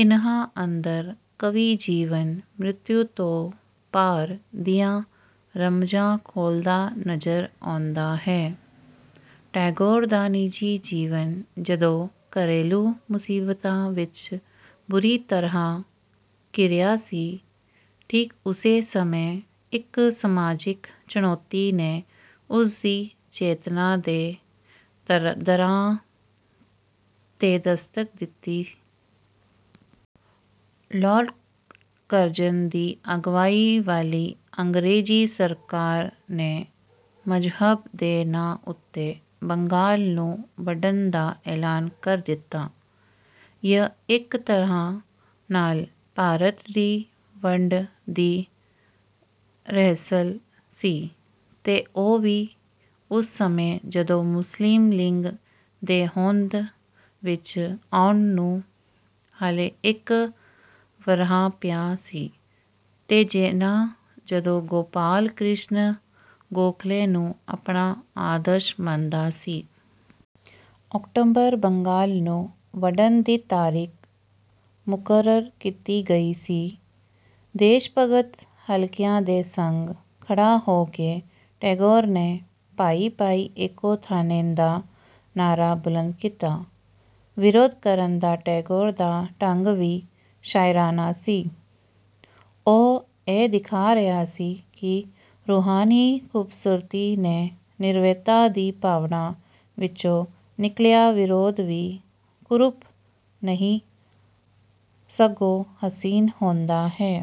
ਇਨ੍ਹਾ ਅੰਦਰ ਕਵੀ ਜੀਵਨ-ਮ੍ਰਿਤੂ ਤੋਂ ਪਾਰ ਦੀਆਂ ਰਮਜਾਂ ਖੋਲਦਾ ਨਜ਼ਰ ਆਉਂਦਾ ਹੈ। ਟੈਗੋਰ ਦਾ ਨਿਜੀ ਜੀਵਨ ਜਦੋਂ ਘਰੇਲੂ ਮੁਸੀਬਤਾਂ ਵਿੱਚ ਬੁਰੀ ਤਰ੍ਹਾ ਘਿਰਿਆ ਸੀ, ਠੀਕ ਉਸੇ ਸਮੇਂ ਇੱਕ ਸਮਾਜਿਕ ਚੁਣੌਤੀ ਨੇ ਉਸਦੀ ਚੇਤਨਾ ਦੇ ਦਰਾਂ 'ਤੇ ਦਸਤਕ ਦਿੱਤੀ। ਲ਼ਾਰਡ ਕਰਜ਼ਨ ਦੀ ਅਗਵਾਈ ਵਾਲੀ ਅੰਗਰੇਜ਼ ਸਰਕਾਰ ਨੇ ਮਜ਼ਹਬ ਦੇ ਨਾਂ ਉੱਤੇ ਬੰਗਾਲ ਨੂੰ ਵੰਡਣ ਦਾ ਐਲਾਨ ਕਰ ਦਿੱਤਾ। ਇਹ ਇੱਕ ਤਰ੍ਹਾਂ ਨਾਲ ਭਾਰਤ ਦੀ ਵੰਡ ਦੀ ਰਿਹਰਸਲ ਸੀ ਤੇ ਉਹ ਵੀ ਉਸ ਸਮੇਂ ਜਦੋਂ ਮੁਸਲਿਮ ਲੀਗ ਦੇ ਹੋਂਦ ਵਿੱਚ ਆਉਣ ਨੂੰ ਹਾਲੇ ਇੱਕ ਵਰ੍ਹਾ ਪਿਆ ਸੀ, ਤੇ ਜਿਨਾਹ ਜਦੋਂ ਗੋਪਾਲ ਕ੍ਰਿਸ਼ਣ ਗੋਖਲੇ ਨੂੰ ਆਪਣਾ ਆਦਰਸ਼ ਮੰਨਦਾ ਸੀ। ਅਕਤੂਬਰ ਬੰਗਾਲ ਨੂੰ ਵੰਡਣ ਦੀ ਤਾਰੀਖ ਮੁਕਰਰ ਕੀਤੀ ਗਈ ਸੀ। ਦੇਸ਼ਭਗਤ ਹਲਕਿਆਂ ਦੇ ਸੰਗ ਖੜਾ ਹੋ ਕੇ ਟੈਗੋਰ ਨੇ "ਭਾਈ-ਭਾਈ ਏਕੋ ਥਾਣੇਨ" ਦਾ ਨਾਹਰਾ ਬੁਲੰਦ ਕੀਤਾ। ਵਿਰੋਧ ਕਰਨ ਦਾ ਟੈਗੋਰ ਦਾ ਢੰਗ ਵੀ ਸ਼ਾਇਰਾਨਾ ਸੀ, ਉਹ ਇਹ ਦਿਖਾ ਰਿਹਾ ਸੀ ਕਿ ਰੂਹਾਨੀ ਖੂਬਸੂਰਤੀ ਤੇ ਨਿਰਵੈਰਤਾ ਦੀ ਭਾਵਨਾ ਵਿੱਚੋਂ ਨਿਕਲਿਆ ਵਿਰੋਧ ਵੀ ਕੁਰੂਪ ਨਹੀਂ ਸਗੋਂ ਹਸੀਨ ਹੁੰਦਾ ਹੈ।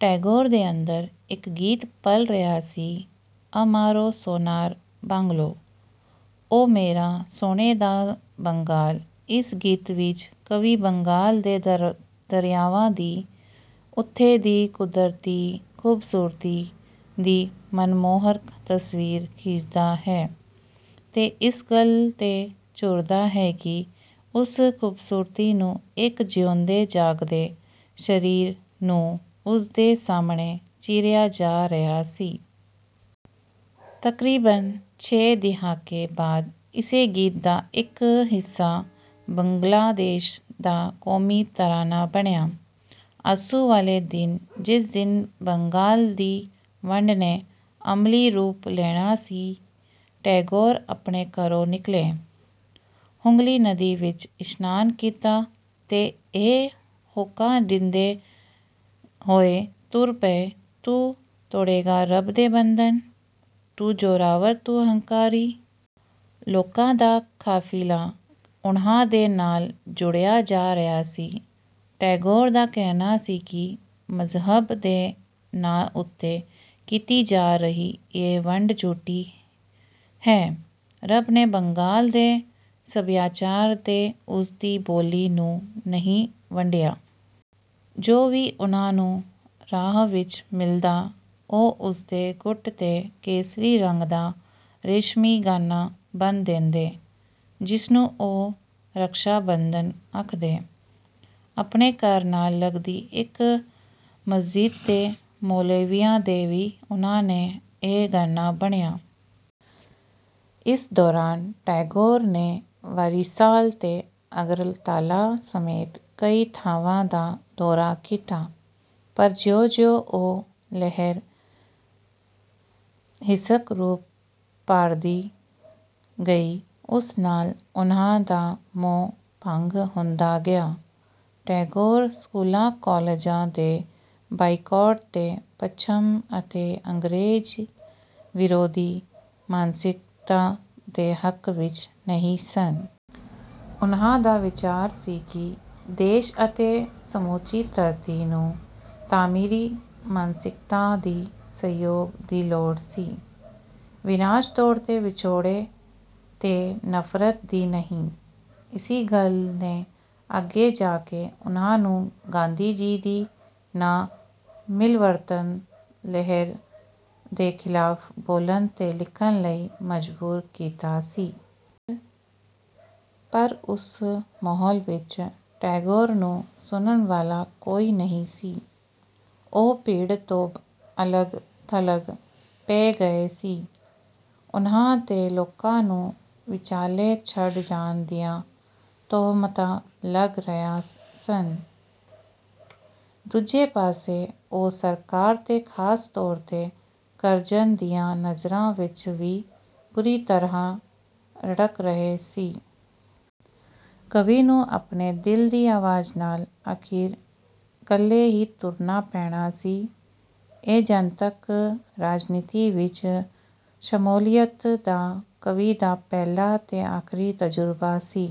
ਟੈਗੋਰ ਦੇ ਅੰਦਰ ਇੱਕ ਗੀਤ ਪਲ ਰਿਹਾ ਸੀ, "ਅਮਾਰੋ ਸੋਨਾਰ ਬਾਂਗਲੋ"—ਓ ਮੇਰਾ ਸੋਨੇ ਦਾ ਬੰਗਾਲ। ਇਸ ਗੀਤ ਵਿੱਚ ਕਵੀ ਬੰਗਾਲ ਦੇ ਦਰਿਆਵਾਂ ਦੀ, ਉੱਥੇ ਦੀ ਕੁਦਰਤੀ ਖੂਬਸੂਰਤੀ ਦੀ ਮਨਮੋਹਕ ਤਸਵੀਰ ਖਿੱਚਦਾ ਹੈ ਤੇ ਇਸ ਗੱਲ 'ਤੇ ਝੂਰਦਾ ਹੈ ਕਿ ਉਸ ਖੂਬਸੂਰਤੀ ਨੂੰ ਇੱਕ ਜਿਉਂਦੇ-ਜਾਗਦੇ ਸ਼ਰੀਰ ਨੂੰ ਉਸਦੇ ਸਾਹਮਣੇ ਚੀਰਿਆ ਜਾ ਰਿਹਾ ਸੀ। ਤਕਰੀਬਨ ਛੇ ਦਹਾਕੇ ਬਾਦ ਇਸੇ ਗੀਤ ਦਾ ਇੱਕ ਹਿੱਸਾ ਬੰਗਲਾ ਦੇਸ਼ ਦਾ ਕੌਮੀ ਤਰਾਨਾ ਬਣਿਆ। ਅੱਸੂ ਵਾਲੇ ਦਿਨ ਜਿਸ ਦਿਨ ਬੰਗਾਲ ਦੀ ਵੰਡ ਨੇ ਅਮਲੀ ਰੂਪ ਲੈਣਾ ਸੀ, ਟੈਗੋਰ ਆਪਣੇ ਘਰੋਂ ਨਿਕਲੇ, ਹੁਗਲੀ ਨਦੀ ਵਿੱਚ ਇਸਨਾਨ ਕੀਤਾ ਤੇ ਇਹ ਹੋਕਾ ਦਿੰਦੇ ਹੋਏ ਤੁਰ ਪਏ, "ਤੂੰ ਤੋੜੇਂਗਾ ਰੱਬ ਦੇ ਬੰਧਨ, ਤੂੰ ਜ਼ੋਰਾਵਰ ਤੂੰ ਹੰਕਾਰੀ...। " ਲੋਕਾਂ ਦਾ ਕਾਫ਼ਿਲਾ ਉਨ੍ਹਾ ਦੇ ਨਾਲ ਜੁੜਦਾ ਜਾ ਰਿਹਾ ਸੀ। ਟੈਗੋਰ ਦਾ ਕਹਿਣਾ ਸੀ ਕਿ ਮਜ਼ਹਬ ਦੇ ਨਾਂ ਉੱਤੇ ਕੀਤੀ ਜਾ ਰਹੀ ਇਹ ਵੰਡ ਝੂਠੀ ਹੈ, ਰੱਬ ਨੇ ਬੰਗਾਲ ਦੇ ਸਭਿਆਚਾਰ ਤੇ ਉਸਦੀ ਬੋਲੀ ਨੂੰ ਨਹੀਂ ਵੰਡਿਆ। ਜੋ ਵੀ ਉਨ੍ਹਾ ਨੂੰ ਰਾਹ ਵਿੱਚ ਮਿਲਦਾ ਉਹ ਉਸਦੇ ਗੁੱਟ ਤੇ ਕੇਸਰੀ ਰੰਗ ਦਾ ਰੇਸ਼ਮੀ ਗਾਨਾਂ ਬੰਨ ਦਿੰਦੇ, ਜਿਸਨੂੰ ਉਹ "ਰਖਸ਼ਾ-ਬੰਧਨ" ਆਖਦੇ। ਆਪਣੇ ਘਰ ਨਾਲ ਲਗਦੀ ਇੱਕ ਮਸੀਤ ਦੇ ਮੌਲਵੀਆਂ ਦੇ ਵੀ ਉਨ੍ਹਾ ਨੇ ਇਹ ਗਾੰਨਾ ਬੰਨਿਆ। ਇਸ ਦੌਰਾਨ ਟੈਗੋਰ ਨੇ ਵਾਰੀਸਾਲ ਤੇ ਅਗਰਤਾਲਾ ਸਮੇਤ ਕਈ ਥਾਵਾਂ ਦਾ ਦੌਰਾ ਕੀਤਾ ਪਰ ਜਿਉਂ-ਜਿਉਂ ਉਹ ਲਹਿਰ ਹਿੰਸਕ ਰੂਪ ਧਾਰਦੀ ਗਈ, ਉਸ ਨਾਲ ਉਨ੍ਹਾ ਦਾ ਮੋਹ ਭੰਗ ਹੁੰਦਾ ਗਿਆ। ਟੈਗੋਰ ਸਕੂਲਾ-ਕਾਲਜਾਂ ਦੇ ਬਾਈਕਾਟ ਤੇ ਪੱਛਮ ਅਤੇ ਅੰਗਰੇਜ਼ ਵਿਰੋਧੀ ਮਾਨਸਿਕਤਾ ਦੇ ਹੱਕ ਵਿੱਚ ਨਹੀਂ ਸਨ। ਉਨ੍ਹਾ ਦਾ ਵਿਚਾਰ ਸੀ ਕਿ ਦੇਸ਼ ਅਤੇ ਸਮੁੱਚੀ ਧਰਤੀ ਨੂੰ ਤਾਮੀਰੀ ਮਾਨਸਿਕਤਾ ਦੀ ਸਹਿਯੋਗ ਦੀ ਲੋੜ ਸੀ, ਵਿਨਾਸ਼, ਤੋੜ-ਵਿਛੋੜੇ ਤੇ ਨਫ਼ਰਤ ਦੀ ਨਹੀਂ। ਇਸੇ ਗੱਲ ਨੇ ਅੱਗੇ ਜਾ ਕੇ ਉਨ੍ਹਾ ਨੂੰ ਗਾਂਧੀ ਜੀ ਦੀ ਨਾ-ਮਿਲਵਰਤਣ ਲਹਿਰ ਦੇ ਖਿਲਾਫ਼ ਬੋਲਣ ਤੇ ਲਿਖਣ ਲਈ ਮਜਬੂਰ ਕੀਤਾ ਸੀ। ਪਰ ਉਸ ਮਹੌਲ ਵਿੱਚ ਟੈਗੋਰ ਨੂੰ ਸੁਣਨ ਵਾਲਾ ਕੋਈ ਨਹੀਂ ਸੀ। ਉਹ ਭੀੜ ਤੋਂ ਅਲਗ-ਥਲਗ ਪੈ ਗਏ ਸੀ, ਉਨ੍ਹਾ 'ਤੇ ਲੋਕਾਂ ਨੂੰ ਵਿਚਾਲੇ ਛੱਡ ਜਾਣ ਦੀਆਂ ਤੋਹਮਤਾਂ ਲਗ ਰਹੀਆਂ ਸਨ। ਦੂਜੇ ਪਾਸੇ ਉਹ ਸਰਕਾਰ ਤੇ ਖਾਸ ਤੌਰ 'ਤੇ ਕਰਜ਼ਨ ਦੀਆਂ ਨਜ਼ਰਾਂ ਵਿੱਚ ਵੀ ਬੁਰੀ ਤਰ੍ਹਾਂ ਰੜਕ ਰਹੇ ਸੀ। ਕਵੀ ਨੂੰ ਆਪਣੇ ਦਿਲ ਦੀ ਆਵਾਜ਼ ਨਾਲ ਆਖਿਰ ਇੱਕਲੇ ਹੀ ਤੁਰਨਾ ਪੈਣਾ ਸੀ। ਇਹ ਜਨਤਕ ਰਾਜਨੀਤੀ ਵਿੱਚ ਸ਼ਮੂਲੀਅਤ ਦਾ ਕਵੀ ਦਾ ਪਹਿਲਾ ਤੇ ਆਖਰੀ ਤਜ਼ੁਰਬਾ ਸੀ।